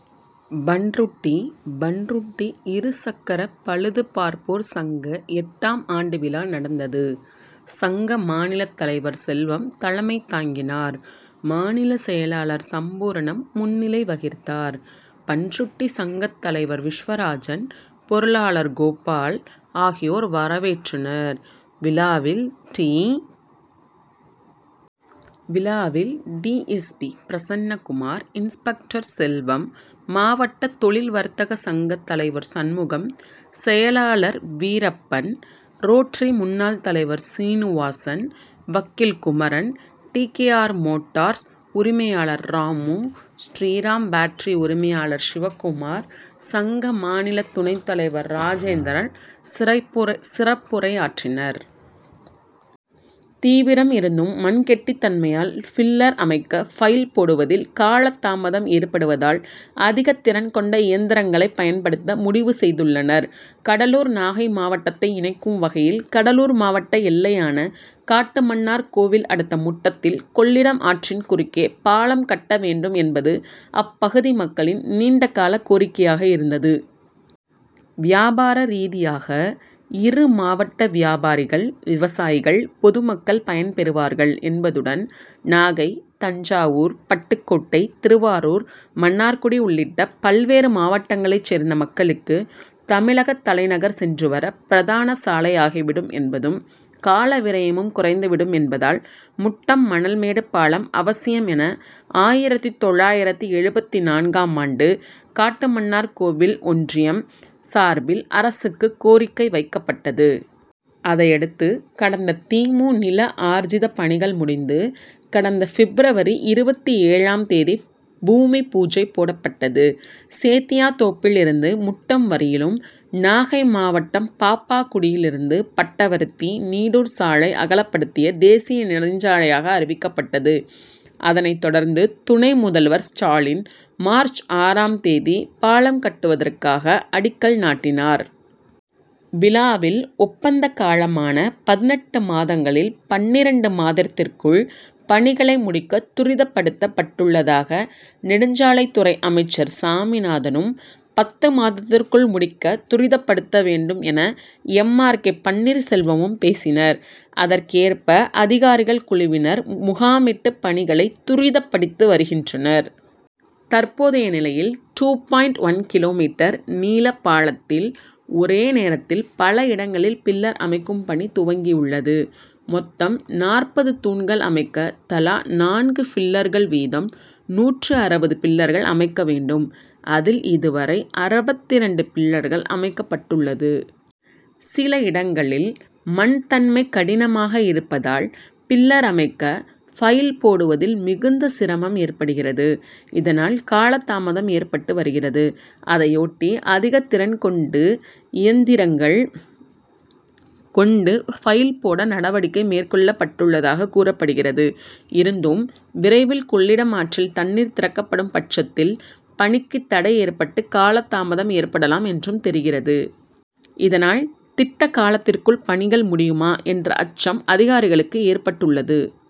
பண்ருட்டி பண்ருட்டி இருசக்கர பழுது பார்ப்போர் சங்க எட்டாம் ஆண்டு விழா நடந்தது. சங்க மாநிலத் தலைவர் செல்வம் தலைமை தாங்கினார். மாநில செயலாளர் சம்பூர்ணம் முன் னிலை வகித்தார். பண் ருட்டி சங்கத் தலைவர் விஸ்வராஜன், பொரு ளாளர் கோபால் ஆகியோர் வரவேற்றனர். விழாவில் T. S. P., Prasannakumar, inspector Selvam, மாவட்ட தொழில் வர்த் தக சங்கத் தலைவர் சண் முகம், செயலாளர் வீரப் பன், ரோட்டரி முன் னாள் தலைவர் சீனுவாசன், வக்கீல் Kumaran, T. K. R., motors உரிமையாளர் ராமு, ஸ்ரீராம் பேட்டரி உரிமையாளர் சிவக்குமார், சங்க மாநில துணைத் தலைவர் ராஜேந்திரன் சிறப்புரையாற்றினர். தீவிரம்! இருந்தும் மண் கெட்டித் தன்மையால் பில்லர் அமைக்க பைல் போடுவதில் காலதாமதம் ஏற்படுவதால் அதிகத் திறன் கொண்ட இயந்திரங் களை பயன்படுத்த முடிவு செய்துள்ளனர். கடலூர் நாகை மாவட் டத்தை இணைக்கும் வகையில் கடலூர் மாவட்ட எல்லையான காட்டுமன்னார்கோவில் அடுத்த முட்டத்தில் கொள் ளிடம் ஆற்றின் குறுக்கே பாலம் கட்ட வேண்டும் என்பது அப்பகுதி மக்களின் நீண்ட கால கோரிக்கையாக இருந்தது. வியாபார ரீதியாக இரு மாவட்ட வியாபாரிகள், விவசாயிகள், பொதுமக் கள் பயன்பெறுவார்கள் என்பதுடன் நாகை, தஞ்சாவூர், பட்டுக்கோட்டை, திருவாரூர், மன்னார்குடி உள்ளிட்ட பல்வேறு மாவட்டங்களைச் சேர்ந்த மக்களுக்கு தமிழகத் தலை நகர் சென்றுவர பிரதான சாலையாகி விடும் என்பதும், காலவிரயமும் குறைந்துவிடும் என்பதால் முட்டம் மணல்மேடு பாலம் அவசியம் என ஆயிரத்து தொள்ளாயிரத்து எழுபத்து நான்காம் ஆண்டு காட்டுமன்னார்கோவில் ஒன்றியம் சார்பில் அரசுக்கு கோரிக்கை வைக்கப்பட்டது. அதையடுத்து கடந்த தி. மு. நில ஆர்ஜித பணிகள் முடிந்து கடந்த பிப்ரவரி இருபத்தேழாம் தேதி பூமி பூஜை போடப்பட்டது. சேத்தியாத்தோப்பில் இருந்து முட்டம் வரையிலும், நாகை மாவட்டம் பாப்பாக்குடியில் இருந்து பட்டவர்த்தி, நீடூர் சாலை அகலப்படுத்தி தேசிய நெடுஞ்சாலையாக அறிவிக்கப்பட்டது. அதனைத் தொடர்ந்து துணை முதல்வர் ஸ்டாலின் மார்ச் ஆறாம் தேதி பாலம் கட்டுவதற்கான அடிக்கல் நாட்டினார். விழாவில் ஒப்பந்த காலமான பதினெட்டு மாதங்களில் பன்னிரண்டு மாதத்திற்குள் பணிகளை முடிக்க துரிதப்படுத்தப் பட்டுள்ளதாக நெடுஞ்சாலைத்துறை அமைச்சர் சாமிநாதனும், பத்து மாதத்திற்குள் முடிக்க துரிதப்படுத்த வேண்டும் என எம். ஆர். கே. பன்னீர்செல்வமும் பேசினர். அதற் கேற்ப அதிகாரிகள் குழுவினர் முகாமிட்டு பணிகளை துரிதப்படுத்தி வருகின்றனர். தற்போதைய நிலையில் டூ பாயிண்ட் ஒன் கி. மீ., நீள பாலத்தில் ஒரே நேரத்தில் பல இடங் களில் பில்லர் அமைக்கும் பணி துவங்கியுள்ளது. மொத்தம் நாற்பது தூண்கள் அமைக்க தலா நான்கு பில்லர் கள் வீதம் நூற்று அறுபது பில்லர்கள் அமைக்க வேண்டும் அதில் இதுவரை அறுபத்திரண்டு பில் லர்கள் அமைக்கப்பட் டுள்ளது. சில இடங்களில் மண் தன்மை கடினமாக இருப்ப தால் பில்லர் அமைக்க பைல் போடுவதில் மிகுந்த சிரமம் ஏற்படுகிறது. இதனால் காலதாமம் ஏற்பட்டு வருகிறது. அதையொட்டி அதிகத் திறன் கொண்டு இயந்திரங்கள் கொண்டு பைல் போட நடவடிக்கை மேற் கொள் ளப்பட்டுள்ளதாக கூறப்படுகிறது. இருந்தும் விரைவில் கொள்ளிடம் ஆற்றில் தண் ணீர் திறக்கப்படும் பட்சத் தில் பணிக்கு தடை ஏற் பட்டு காலதாமதம் ஏற்படலாம் என்றும் தெரிகிறது. இதனால் திட்ட காலத்திற் குள் பணிகள் முடியுமா என்ற அச்சம் அதிகாரிகளுக்கு ஏற்பட்டுள்ளது.